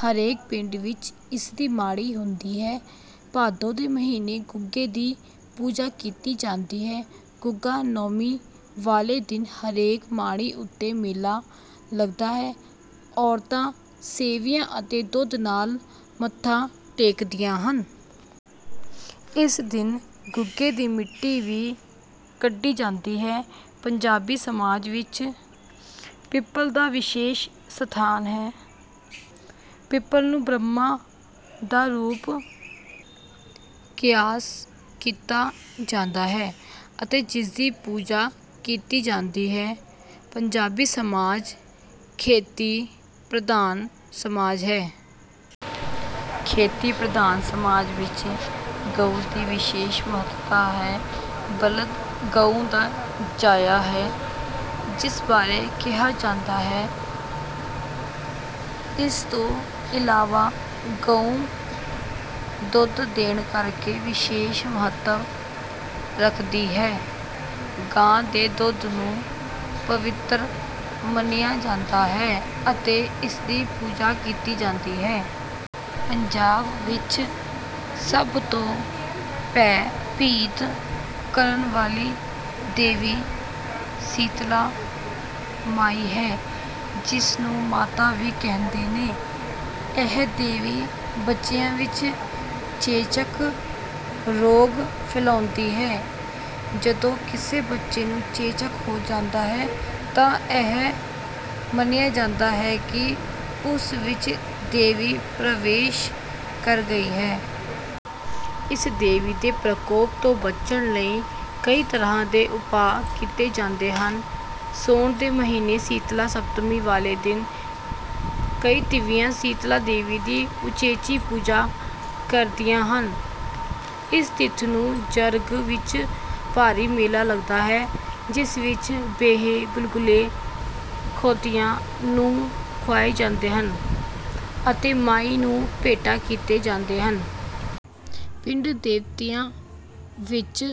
ਹਰੇਕ ਪਿੰਡ ਵਿੱਚ ਇਸਦੀ ਮਾੜੀ ਹੁੰਦੀ ਹੈ। ਭਾਦੋਂ ਦੇ ਮਹੀਨੇ ਗੁੱਗੇ ਦੀ ਪੂਜਾ ਕੀਤੀ ਜਾਂਦੀ ਹੈ। ਗੁੱਗਾ ਨੌਮੀ ਵਾਲੇ ਦਿਨ ਹਰੇਕ ਮਾੜੀ ਉੱਤੇ ਮੇਲਾ ਲੱਗਦਾ ਹੈ। ਔਰਤਾਂ ਸੇਵੀਆਂ ਅਤੇ ਦੁੱਧ ਨਾਲ ਮੱਥਾ ਟੇਕਦੀਆਂ ਹਨ। ਇਸ ਦਿਨ ਗੁੱਗੇ ਦੀ ਮਿੱਟੀ ਵੀ ਕੱਢੀ ਜਾਂਦੀ ਹੈ। ਪੰਜਾਬੀ ਸਮਾਜ ਵਿੱਚ ਪਿੱਪਲ ਦਾ ਵਿਸ਼ੇਸ਼ ਸਥਾਨ ਹੈ। ਪਿੱਪਲ ਨੂੰ ਬ੍ਰਹਮਾ ਦਾ ਰੂਪ ਕਿਆਸ ਕੀਤਾ ਜਾਂਦਾ ਹੈ ਅਤੇ ਇਸਦੀ ਪੂਜਾ ਕੀਤੀ ਜਾਂਦੀ ਹੈ। ਪੰਜਾਬੀ ਸਮਾਜ ਖੇਤੀ-ਪ੍ਰਧਾਨ ਸਮਾਜ ਹੈ। ਖੇਤੀ-ਪ੍ਰਧਾਨ ਸਮਾਜ ਵਿੱਚ ਗਊ ਦੀ ਵਿਸ਼ੇਸ਼ ਮਹੱਤਤਾ ਹੈ। ਬਲਦ ਗਊ ਦਾ ਜਾਇਆ ਹੈ, ਜਿਸ ਬਾਰੇ ਕਿਹਾ ਜਾਂਦਾ ਹੈ। ਇਸ ਤੋਂ ਇਲਾਵਾ ਗਊ ਦੁੱਧ ਦੇਣ ਕਰਕੇ ਵਿਸ਼ੇਸ਼ ਮਹੱਤਵ ਰੱਖਦੀ ਹੈ। ਗਾਂ ਦੇ ਦੁੱਧ ਨੂੰ ਪਵਿੱਤਰ ਮੰਨਿਆ ਜਾਂਦਾ ਹੈ ਅਤੇ ਇਸਦੀ ਪੂਜਾ ਕੀਤੀ ਜਾਂਦੀ ਹੈ। ਪੰਜਾਬ ਵਿੱਚ ਸਭ ਤੋਂ ਭੈ-ਭੀਤ ਕਰਨ ਵਾਲੀ ਦੇਵੀ ਸੀਤਲਾ ਮਾਈ ਹੈ, ਜਿਸ ਨੂੰ ਮਾਤਾ ਵੀ ਕਹਿੰਦੇ ਹਨ। ਇਹ ਦੇਵੀ ਬੱਚਿਆਂ ਵਿੱਚ ਚੇਚਕ ਰੋਗ ਫੈਲਾਉਂਦੀ ਹੈ। ਜਦੋਂ ਕਿਸੇ ਬੱਚੇ ਨੂੰ ਚੇਚਕ ਹੋ ਜਾਂਦਾ ਹੈ ਤਾਂ ਇਹ ਮੰਨਿਆ ਜਾਂਦਾ ਹੈ ਕਿ ਉਸ ਵਿੱਚ ਦੇਵੀ ਪ੍ਰਵੇਸ਼ ਕਰ ਗਈ ਹੈ। ਇਸ ਦੇਵੀ ਦੇ ਪ੍ਰਕੋਪ ਤੋਂ ਬਚਣ ਲਈ ਕਈ ਤਰ੍ਹਾਂ ਦੇ ਉਪਾਅ ਕੀਤੇ ਜਾਂਦੇ ਹਨ। ਸਾਉਣ ਦੇ ਮਹੀਨੇ ਸੀਤਲਾ ਸਪਤਮੀ ਵਾਲੇ ਦਿਨ ਕਈ ਤੀਵੀਆਂ ਸੀਤਲਾ ਦੇਵੀ ਦੀ ਉਚੇਚੀ ਪੂਜਾ ਕਰਦੀਆਂ ਹਨ। ਇਸ ਤਿੱਥ ਨੂੰ ਜਰਗ ਵਿੱਚ ਭਾਰੀ ਮੇਲਾ ਲੱਗਦਾ ਹੈ, ਜਿਸ ਵਿੱਚ ਬੇਹੇ, ਗੁਲਗੁਲੇ ਖੋਤਿਆਂ ਨੂੰ ਖੁਆਏ ਜਾਂਦੇ ਹਨ ਅਤੇ ਮਾਈ ਨੂੰ ਭੇਟਾ ਕੀਤੇ ਜਾਂਦੇ ਹਨ। ਪਿੰਡ ਦੇਵਤਿਆਂ ਵਿੱਚ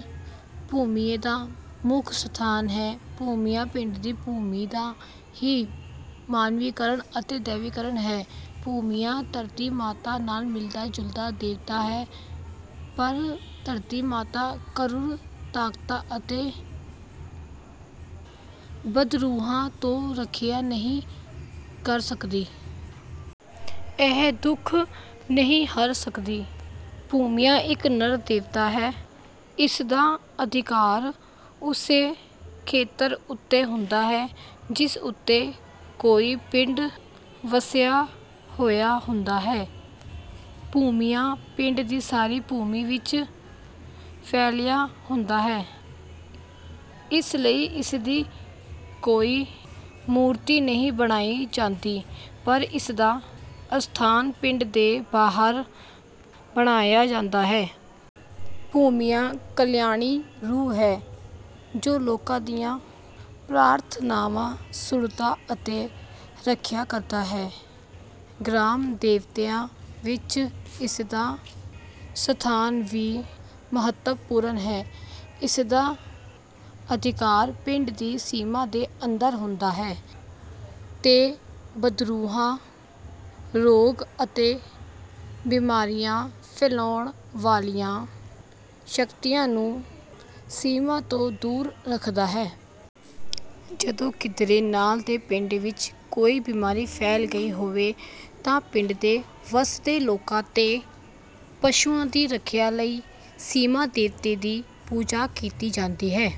ਭੂਮੀਏ ਦਾ ਮੁੱਖ ਸਥਾਨ ਹੈ। ਭੂਮੀਆ ਪਿੰਡ ਦੀ ਭੂਮੀ ਦਾ ਹੀ ਮਾਨਵੀਕਰਣ ਅਤੇ ਦੈਵੀਕਰਣ ਹੈ। ਭੂਮੀਆ ਧਰਤੀ ਮਾਤਾ ਨਾਲ ਮਿਲਦਾ-ਜੁਲਦਾ ਦੇਵਤਾ ਹੈ, ਪਰ ਧਰਤੀ ਮਾਤਾ ਕਰੂਰ ਤਾਕਤਾਂ ਅਤੇ ਬਦਰੂਹਾਂ ਤੋਂ ਰਖਿਆ ਨਹੀਂ ਕਰ ਸਕਦੀ। ਇਹ ਦੁੱਖ ਨਹੀਂ ਹਰ ਸਕਦੀ। ਭੂਮੀਆ ਇੱਕ ਨਰ ਦੇਵਤਾ ਹੈ। ਇਸਦਾ ਅਧਿਕਾਰ ਉਸੇ ਖੇਤਰ ਉੱਤੇ ਹੁੰਦਾ ਹੈ, ਜਿਸ ਉੱਤੇ ਕੋਈ ਪਿੰਡ ਵਸਿਆ ਹੋਇਆ ਹੁੰਦਾ ਹੈ। ਭੂਮੀਆ ਪਿੰਡ ਦੀ ਸਾਰੀ ਭੂਮੀ ਵਿੱਚ ਫੈਲਿਆ ਹੁੰਦਾ ਹੈ, ਇਸ ਲਈ ਇਸਦੀ ਕੋਈ ਮੂਰਤੀ ਨਹੀਂ ਬਣਾਈ ਜਾਂਦੀ, ਪਰ ਇਸਦਾ ਅਸਥਾਨ ਪਿੰਡ ਦੇ ਬਾਹਰ ਬਣਾਇਆ ਜਾਂਦਾ ਹੈ। ਭੂਮੀਆ ਕਲਿਆਣੀ ਰੂਹ ਹੈ ਜੋ ਲੋਕਾਂ ਦੀਆਂ ਪ੍ਰਾਰਥਨਾਵਾਂ ਸੁਣਦਾ ਅਤੇ ਰਖਿਆ ਕਰਦਾ ਹੈ। ਗ੍ਰਾਮ-ਦੇਵਤਿਆਂ ਵਿੱਚ ਇਸਦਾ ਸਥਾਨ ਵੀ ਮਹੱਤਵਪੂਰਨ ਹੈ। ਇਸਦਾ ਅਧਿਕਾਰ ਪਿੰਡ ਦੀ ਸੀਮਾ ਦੇ ਅੰਦਰ ਹੁੰਦਾ ਹੈ ਤੇ ਬਦਰੂਹਾਂ, ਰੋਗ, ਅਤੇ ਬਿਮਾਰੀਆਂ ਫੈਲਾਉਣ ਵਾਲੀਆਂ ਸ਼ਕਤੀਆਂ ਨੂੰ ਸੀਮਾ ਤੋਂ ਦੂਰ ਰੱਖਦਾ ਹੈ। ਜਦੋਂ ਕਿਧਰੇ ਨਾਲ ਦੇ ਪਿੰਡ ਵਿੱਚ ਕੋਈ ਬਿਮਾਰੀ ਫੈਲ ਗਈ ਹੋਵੇ ਤਾਂ ਪਿੰਡ ਦੇ ਵਸਦੇ ਲੋਕਾਂ ਤੇ ਪਸ਼ੂਆਂ ਦੀ ਰਖਿਆ ਲਈ ਸੀਮਾ-ਦੇਵਤੇ ਦੀ ਪੂਜਾ ਕੀਤੀ ਜਾਂਦੀ ਹੈ।